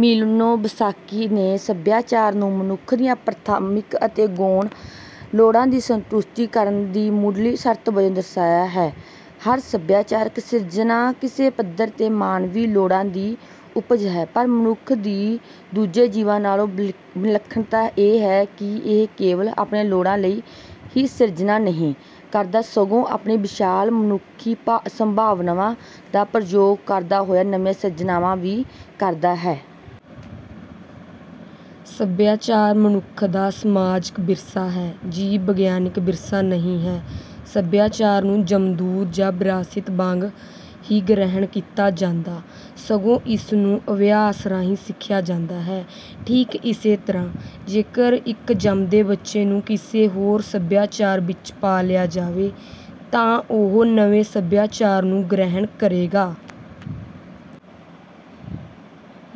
Malinowski ਨੇ ਸਭਿਆਚਾਰ ਨੂੰ ਮਨੁੱਖ ਦੀਆਂ ਪ੍ਰਾਥਮਿਕ ਅਤੇ ਗੌਣ ਲੋੜਾਂ ਦੀ ਸੰਤੁਸ਼ਟੀ ਕਰਨ ਦੀ ਮੁੱਢਲੀ ਸ਼ਰਤ ਵਜੋਂ ਦਰਸਾਇਆ ਹੈ। “ਹਰ ਸਭਿਆਚਾਰਕ ਸਿਰਜਣਾ ਕਿਸੇ ਪੱਧਰ ’ਤੇ ਮਾਨਵੀ ਲੋੜਾਂ ਦੀ ਉਪਜ ਹੈ। ਪਰ ਮਨੁੱਖ ਦੀ ਦੂਜੇ ਜੀਵਾਂ ਨਾਲੋਂ ਵਿਲੱਖਣਤਾ ਇਹ ਹੈ ਕਿ ਇਹ ਕੇਵਲ ਆਪਣੀਆਂ ਲੋੜਾਂ ਲਈ ਹੀ ਸਿਰਜਣਾ ਨਹੀਂ ਕਰਦਾ, ਸਗੋਂ ਆਪਣੀਆਂ ਵਿਸ਼ਾਲ ਮਨੁੱਖੀ ਸੰਭਾਵਨਾਵਾਂ ਦਾ ਪ੍ਰਯੋਗ ਕਰਦਾ ਹੋਇਆ ਨਵੀਆਂ ਸਿਰਜਣਾਵਾਂ ਵੀ ਕਰਦਾ ਹੈ।” ਸਭਿਆਚਾਰ ਮਨੁੱਖ ਦਾ ਸਮਾਜਕ ਵਿਰਸਾ ਹੈ, ਜੀਵ-ਵਿਗਿਆਨਕ ਵਿਰਸਾ ਨਹੀਂ ਹੈ। ਸਭਿਆਚਾਰ ਨੂੰ ਜਮਾਂਦਰੂ ਜਾਂ ਵਿਰਾਸਤ ਵਾਂਗ ਹੀ ਗ੍ਰਹਿਣ ਨਹੀਂ ਕੀਤਾ ਜਾਂਦਾ, ਸਗੋਂ ਇਸ ਨੂੰ ਅਭਿਆਸ ਰਾਹੀਂ ਸਿੱਖਿਆ ਜਾਂਦਾ ਹੈ। ਠੀਕ ਇਸੇ ਤਰ੍ਹਾਂ, ਜੇਕਰ ਇੱਕ ਜੰਮਦੇ ਬੱਚੇ ਨੂੰ ਕਿਸੇ ਹੋਰ ਸਭਿਆਚਾਰ ਵਿੱਚ ਪਾ ਲਿਆ ਜਾਵੇ ਤਾਂ ਉਹ ਨਵੇਂ ਸਭਿਆਚਾਰ ਨੂੰ ਗ੍ਰਹਿਣ ਕਰੇਗਾ।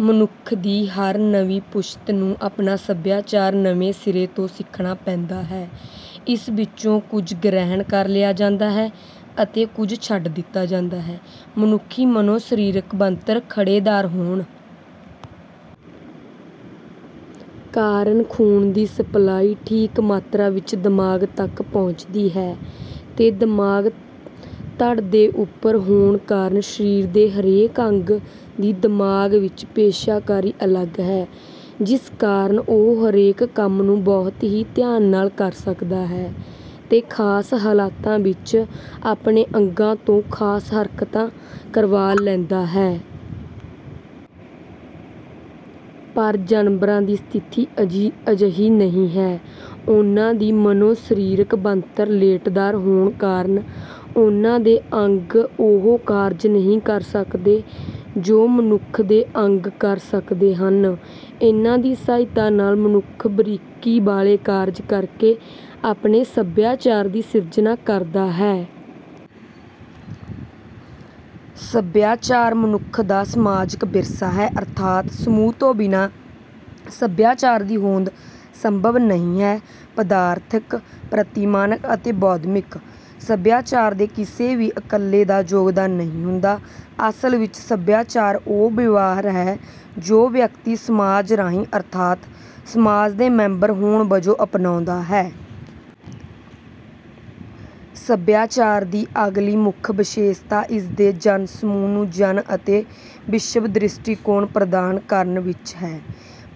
ਮਨੁੱਖ ਦੀ ਹਰ ਨਵੀਂ ਪੁਸ਼ਤ ਨੂੰ ਆਪਣਾ ਸਭਿਆਚਾਰ ਨਵੇਂ ਸਿਰੇ ਤੋਂ ਸਿੱਖਣਾ ਪੈਂਦਾ ਹੈ। ਇਸ ਵਿੱਚੋਂ ਕੁਝ ਗ੍ਰਹਿਣ ਕਰ ਲਿਆ ਜਾਂਦਾ ਹੈ ਅਤੇ ਕੁਝ ਛੱਡ ਦਿੱਤਾ ਜਾਂਦਾ ਹੈ। ਮਨੁੱਖੀ ਮਨੋ-ਸਰੀਰਕ ਬਣਤਰ ਖੜ੍ਹੇਦਾਰ ਹੋਣ ਕਾਰਨ ਖ਼ੂਨ ਦੀ ਸਪਲਾਈ ਠੀਕ ਮਾਤਰਾ ਵਿੱਚ ਦਿਮਾਗ ਤੱਕ ਪਹੁੰਚਦੀ ਹੈ ਤੇ ਦਿਮਾਗ ਧੜ ਦੇ ਉੱਪਰ ਹੋਣ ਕਾਰਨ ਸਰੀਰ ਦੇ ਹਰੇਕ ਅੰਗ ਦੀ ਦਿਮਾਗ ਵਿੱਚ ਪੇਸ਼ਕਾਰੀ ਅਲੱਗ ਹੈ, ਜਿਸ ਕਾਰਨ ਉਹ ਹਰੇਕ ਕੰਮ ਨੂੰ ਬਹੁਤ ਧਿਆਨ ਨਾਲ ਕਰ ਸਕਦਾ ਹੈ ਤੇ ਖ਼ਾਸ ਹਾਲਤਾਂ ਵਿੱਚ ਆਪਣੇ ਅੰਗਾਂ ਤੋਂ ਖ਼ਾਸ ਹਰਕਤਾਂ ਕਰਵਾ ਲੈਂਦਾ ਹੈ। ਪਰ ਜਾਨਵਰਾਂ ਦੀ ਸਥਿਤੀ ਅਜਿਹੀ ਨਹੀਂ ਹੈ। ਉਨ੍ਹਾਂ ਦੀ ਮਨੋ-ਸਰੀਰਕ ਬਣਤਰ ਲੇਟੇਦਾਰ ਹੋਣ ਕਾਰਨ ਉਨ੍ਹਾਂ ਦੇ ਅੰਗ ਉਹ ਕਾਰਜ ਨਹੀਂ ਕਰ ਸਕਦੇ ਜੋ ਮਨੁੱਖ ਦੇ ਅੰਗ ਕਰ ਸਕਦੇ ਹਨ। ਇਨ੍ਹਾਂ ਦੀ ਸਹਾਇਤਾ ਨਾਲ ਮਨੁੱਖ ਬਾਰੀਕੀ ਵਾਲਾ ਕਾਰਜ ਕਰਕੇ ਆਪਣੇ ਸਭਿਆਚਾਰ ਦੀ ਸਿਰਜਣਾ ਕਰਦਾ ਹੈ। ਸਭਿਆਚਾਰ ਮਨੁੱਖ ਦਾ ਸਮਾਜਕ ਵਿਰਸਾ ਹੈ। ਅਰਥਾਤ, ਸਮੂਹ ਤੋਂ ਬਿਨਾਂ ਸਭਿਆਚਾਰ ਦੀ ਹੋਂਦ ਸੰਭਵ ਨਹੀਂ ਹੈ। ਪਦਾਰਥਕ, ਪ੍ਰਤਿਮਾਨਕ ਅਤੇ ਬੋਧਾਤਮਕ ਸਭਿਆਚਾਰ ਦੇ ਕਿਸੇ ਵੀ ਇੱਕਲੇ ਦਾ ਯੋਗਦਾਨ ਨਹੀਂ ਹੁੰਦਾ। ਅਸਲ ਵਿੱਚ ਸਭਿਆਚਾਰ ਉਹ ਵਿਵਹਾਰ ਹੈ ਜੋ ਵਿਅਕਤੀ ਸਮਾਜ ਰਾਹੀਂ, ਅਰਥਾਤ ਸਮਾਜ ਦਾ ਮੈਂਬਰ ਹੋਣ ਵਜੋਂ, ਅਪਣਾਉਂਦਾ ਹੈ। ਸਭਿਆਚਾਰ ਦੀ ਅਗਲੀ ਮੁੱਖ ਵਿਸ਼ੇਸ਼ਤਾ ਇਸ ਦੇ ਜਨ-ਸਮੂਹ ਨੂੰ ਜੀਵਨ ਅਤੇ ਵਿਸ਼ਵ-ਦ੍ਰਿਸ਼ਟੀਕੋਣ ਪ੍ਰਦਾਨ ਕਰਨ ਵਿੱਚ ਹੈ।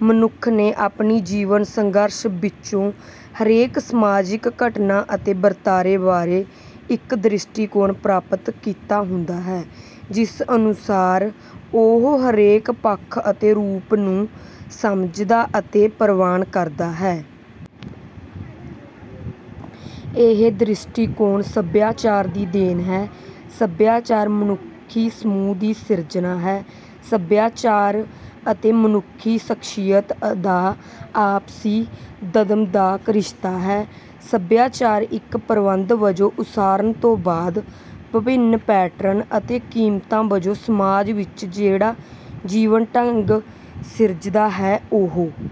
ਮਨੁੱਖ ਨੇ ਆਪਣੇ ਜੀਵਨ-ਸੰਘਰਸ਼ ਵਿੱਚੋਂ ਹਰੇਕ ਸਮਾਜਿਕ ਘਟਨਾ ਅਤੇ ਵਰਤਾਰੇ ਬਾਰੇ ਇੱਕ ਦ੍ਰਿਸ਼ਟੀਕੋਣ ਪ੍ਰਾਪਤ ਕੀਤਾ ਹੁੰਦਾ ਹੈ, ਜਿਸ ਅਨੁਸਾਰ ਉਹ ਹਰੇਕ ਪੱਖ ਅਤੇ ਰੂਪ ਨੂੰ ਸਮਝਦਾ ਅਤੇ ਪ੍ਰਵਾਨ ਕਰਦਾ ਹੈ। ਇਹ ਦ੍ਰਿਸ਼ਟੀਕੋਣ ਸਭਿਆਚਾਰ ਦੀ ਦੇਣ ਹੈ। ਸਭਿਆਚਾਰ ਮਨੁੱਖੀ ਸਮੂਹ ਦੀ ਸਿਰਜਣਾ ਹੈ। ਸਭਿਆਚਾਰ ਅਤੇ ਮਨੁੱਖੀ ਸ਼ਖ਼ਸੀਅਤ ਦਾ ਆਪਸੀ ਦਵੰਦਾਤਮਕ ਰਿਸ਼ਤਾ ਹੈ। ਸਭਿਆਚਾਰ ਇੱਕ ਪ੍ਰਬੰਧ ਵਜੋਂ ਉਸਰਨ ਤੋਂ ਬਾਅਦ ‘ਵਿਭਿੰਨ ਪੈਟਰਨ’ ਅਤੇ ਕੀਮਤਾਂ ਵਜੋਂ ਸਮਾਜ ਵਿੱਚ ਜਿਹੜਾ ਜੀਵਨ-ਢੰਗ ਸਿਰਜਦਾ ਹੈ, ਉਹ...